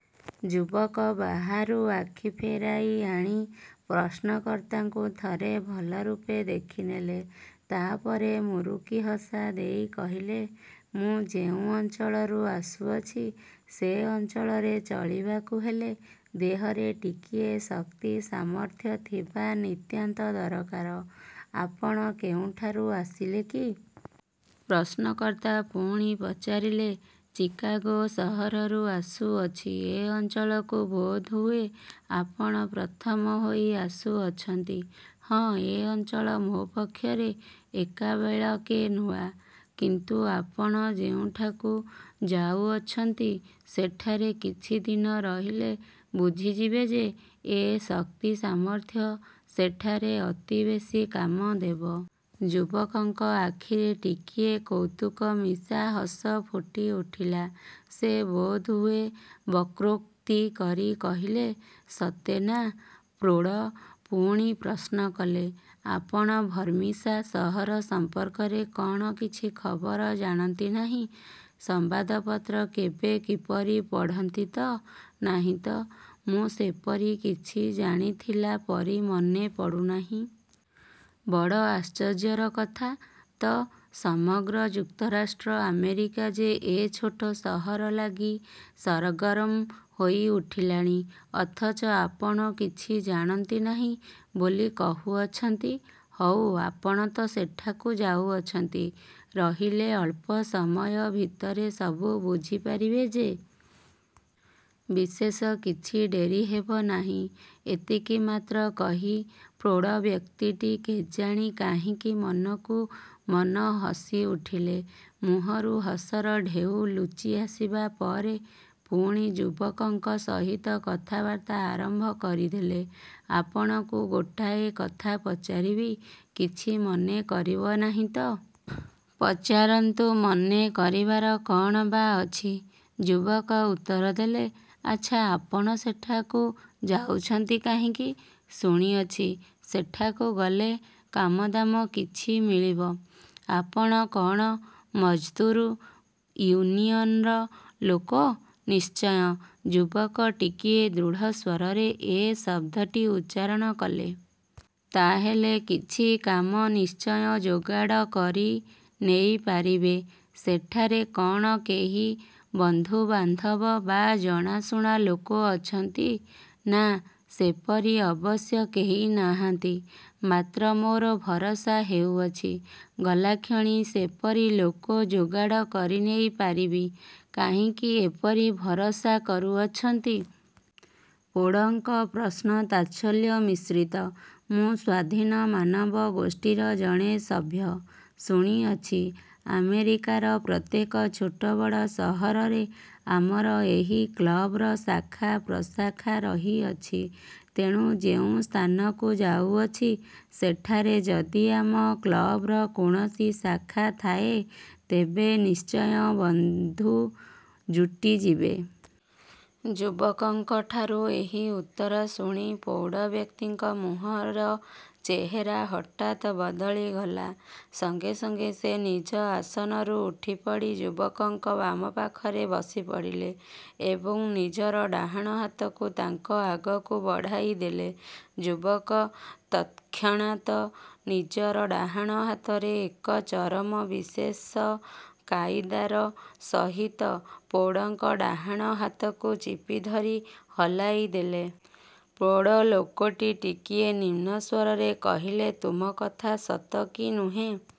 '' ଯୁବକ ବାହାରୁ ଆଖି ଫେରାଇ ଆଣି ପ୍ରଶ୍ନକର୍ତ୍ତାଙ୍କୁ ଥରେ ଭଲ ରୂପେ ଦେଖିନେଲେ। ତା'ପରେ ମୁରୁକିହସା ଦେଇ କହିଲେ, ''ମୁଁ ଯେଉଁ ଅଞ୍ଚଳରୁ ଆସୁଅଛି, ସେ ଅଞ୍ଚଳରେ ଚଳିବାକୁ ହେଲେ ଦେହରେ ଟିକିଏ ଶକ୍ତି ସାମର୍ଥ୍ୟ ଥିବା ନିତାନ୍ତ ଦରକାର। '' ''ଆପଣ କେଉଁଠାରୁ ଆସିଲେ କି? '' -ପ୍ରଶ୍ନକର୍ତ୍ତା ପୁଣି ପଚାରିଲେ। ''ଚିକାଗୋ ସହରରୁ ଆସୁଅଛି। '' ''ଏ ଅଞ୍ଚଳକୁ ବୋଧହୁଏ ଆପଣ ପ୍ରଥମ ହୋଇ ଆସୁଅଛନ୍ତି? '' ''ହଁ, ଏ ଅଞ୍ଚଳ ମୋ ପକ୍ଷରେ ଏକାବେଳକେ ନୂଆ। '' ''କିନ୍ତୁ ଆପଣ ଯେଉଁଠାକୁ ଯାଉଅଛନ୍ତି, ସେଠାରେ କିଛି ଦିନ ରହିଲେ ବୁଝିଯିବେ ଯେ, ଏ ଶକ୍ତି ସାମର୍ଥ୍ୟ ସେଠାରେ ଅତି ବେଶୀ କାମ ଦେବ। '' ଯୁବକଙ୍କ ଆଖିରେ ଟିକିଏ କୌତୁକମିଶା ହସ ଫୁଟିଉଠିଲା। ସେ ବୋଧହୁଏ ବକ୍ରୋକ୍ତି କରି କହିଲେ, ''ସତେ ନା? '' ପ୍ରୌଢ଼ ପୁଣି ପ୍ରଶ୍ନ କଲେ-ଆପଣ ଭର୍ମିସା ସହର ସଂପର୍କରେ କଅଣ କିଛି ଖବର ଜାଣନ୍ତି ନାହିଁ? ସମ୍ବାଦପତ୍ର କେବେ କିପରି ପଢ଼ନ୍ତି ତ? ''ନାହିଁ ତ, ମୁଁ ସେପରି କିଛି ଜାଣିଥିଲା ପରି ମନେ ପଡ଼ୁନାହିଁ। '' ''ବଡ଼ ଆଶ୍ଚର୍ଯ୍ୟର କଥା। ତ! ସମଗ୍ର ଯୁକ୍ତରାଷ୍ଟ୍ର ଆମେରିକା ଯେ ଏ ଛୋଟ ସହର ଲାଗି ସରଗରମ ହୋଇ ଉଠିଲାଣି, ଅଥଚ ଆପଣ କିଛି ଜାଣନ୍ତି ନାହିଁ ବୋଲି କହୁଅଛନ୍ତି! ହଉ, ଆପଣ ତ ସେଠାକୁ ଯାଉଅଛନ୍ତି। ରହିଲେ ଅଳ୍ପ ସମୟ ଭିତରେ ସବୁ ବୁଝିପାରିବେ ଯେ! ବିଶେଷ କିଛି ଡେରି ହେବ ନାହିଁ। '' ଏତିକି ମାତ୍ର କହି ପ୍ରୌଢ଼ ବ୍ୟକ୍ତିଟି କେଜାଣି କାହିଁକି ମନକୁ ମନ ହସିଉଠିଲେ। ମୁହଁରୁ ହସର ଢେଉ ଲୁଚିଆସିବା ପରେ ପୁଣି ଯୁବକଙ୍କ ସହିତ କଥାବର୍ତ୍ତା ଆରମ୍ଭ କରିଦେଲେ। ''ଆପଣଙ୍କୁ ଗୋଟାଏ କଥା ପଚାରିବି; କିଛି ମନେ କରିବେ ନାହିଁ ତ? '' ''ପଚାରନ୍ତୁ-ମନେ କରିବାର କଅଣ ବା ଅଛି? '' -ଯୁବକ ଉତ୍ତରଦେଲେ। ''ଆଚ୍ଛା, ଆପଣ ସେଠାକୁ ଯାଉଛନ୍ତି କାହିଁକି? '' ''ଶୁଣିଅଛି, ସେଠାକୁ ଗଲେ କାମଦାମ କିଛି ମିଳିବ। '' ''ଆପଣ କଅଣ ମଜଦୁର ଇଉନିୟନର ଲୋକ? '' ''ନିଶ୍ଚୟ''-ଯୁବକ ଟିକିଏ ଦୃଢ଼ସ୍ୱରରେ ଏ ଶବ୍ଦଟି ଉଚ୍ଚାରଣ କଲେ। ''ତା ହେଲେ, କିଛି କାମ ନିଶ୍ଚୟ ଯୋଗାଡ଼ କରିନେଇପାରିବେ। ସେଠାରେ କଅଣ କେହି ବନ୍ଧୁବାନ୍ଧବ ବା ଜଣାଶୁଣା ଲୋକ ଅଛନ୍ତି? '' ''ନା, ସେପରି ଅବଶ୍ୟ କେହି ନାହାନ୍ତି। ମାତ୍ର ମୋର ଭରସା ହେଉଅଛି, ଗଲାକ୍ଷଣି ସେପରି ଲୋକ ଯୋଗାଡ଼ କରିନେଇପାରିବି। '' ''କାହିଁକି ଏପରି ଭରସା କରୁଅଛନ୍ତି? '' -ପ୍ରୌଢ଼ଙ୍କ ପ୍ରଶ୍ନ ତାଚ୍ଛଲ୍ୟ ମିଶ୍ରିତ। ''ମୁଁ 'ସ୍ୱାଧୀନମାନବ' ଗୋଷ୍ଠୀର ଜଣେ ସଭ୍ୟ। ଶୁଣିଅଛି, ଆମେରିକାର ପ୍ରତ୍ୟେକ ଛୋଟ ବଡ଼ ସହରରେ ଆମର ଏହି କ୍ଳବର ଶାଖା ପ୍ରଶାଖା ରହିଅଛି। ତେଣୁ ଯେଉଁ ସ୍ଥାନକୁ ଯାଉଅଛି, ସେଠାରେ ଯଦି ଆମ କ୍ଳବର କୌଣସି ଶାଖା ଥାଏ, ତେବେ ନିଶ୍ଚୟ ବନ୍ଧୁ ଯୁଟିଯିବେ। '' ଯୁବକଙ୍କଠାରୁ ଏହି ଉତ୍ତର ଶୁଣି ପ୍ରୌଢ଼ ବ୍ୟକ୍ତିଙ୍କ ମୁହଁର ଚେହେରା ହଠାତ୍ ବଦଳିଗଲା-। ସଙ୍ଗେସଙ୍ଗେ ସେ ନିଜ ଆସନରୁ ଉଠିପଡ଼ି ଯୁବକଙ୍କ ବାମ ପାଖରେ ବସିପଡ଼ିଲେ ଏବଂ ନିଜର ଡାହାଣ ହାତକୁ ତାଙ୍କ ଆଗକୁ ବଢ଼ାଇଦେଲେ। ଯୁବକ ତତ୍କ୍ଷଣାତ୍ ନିଜର ଡାହାଣ ହାତରେ ଏକ ଚରମ ବିଶେଷ କାଇଦାର ସହିତ ପ୍ରୌଢ଼ଙ୍କ ଡାହାଣ ହାତକୁ ଚିପି ଧରି ହଲାଇଦେଲେ। ପ୍ରୌଢ଼ ଲୋକଟି ଟିକିଏ ନିମ୍ନ ସ୍ୱରରେ କହିଲେ, ''ତୁମ କଥା ସତ କି ନୁହେଁ,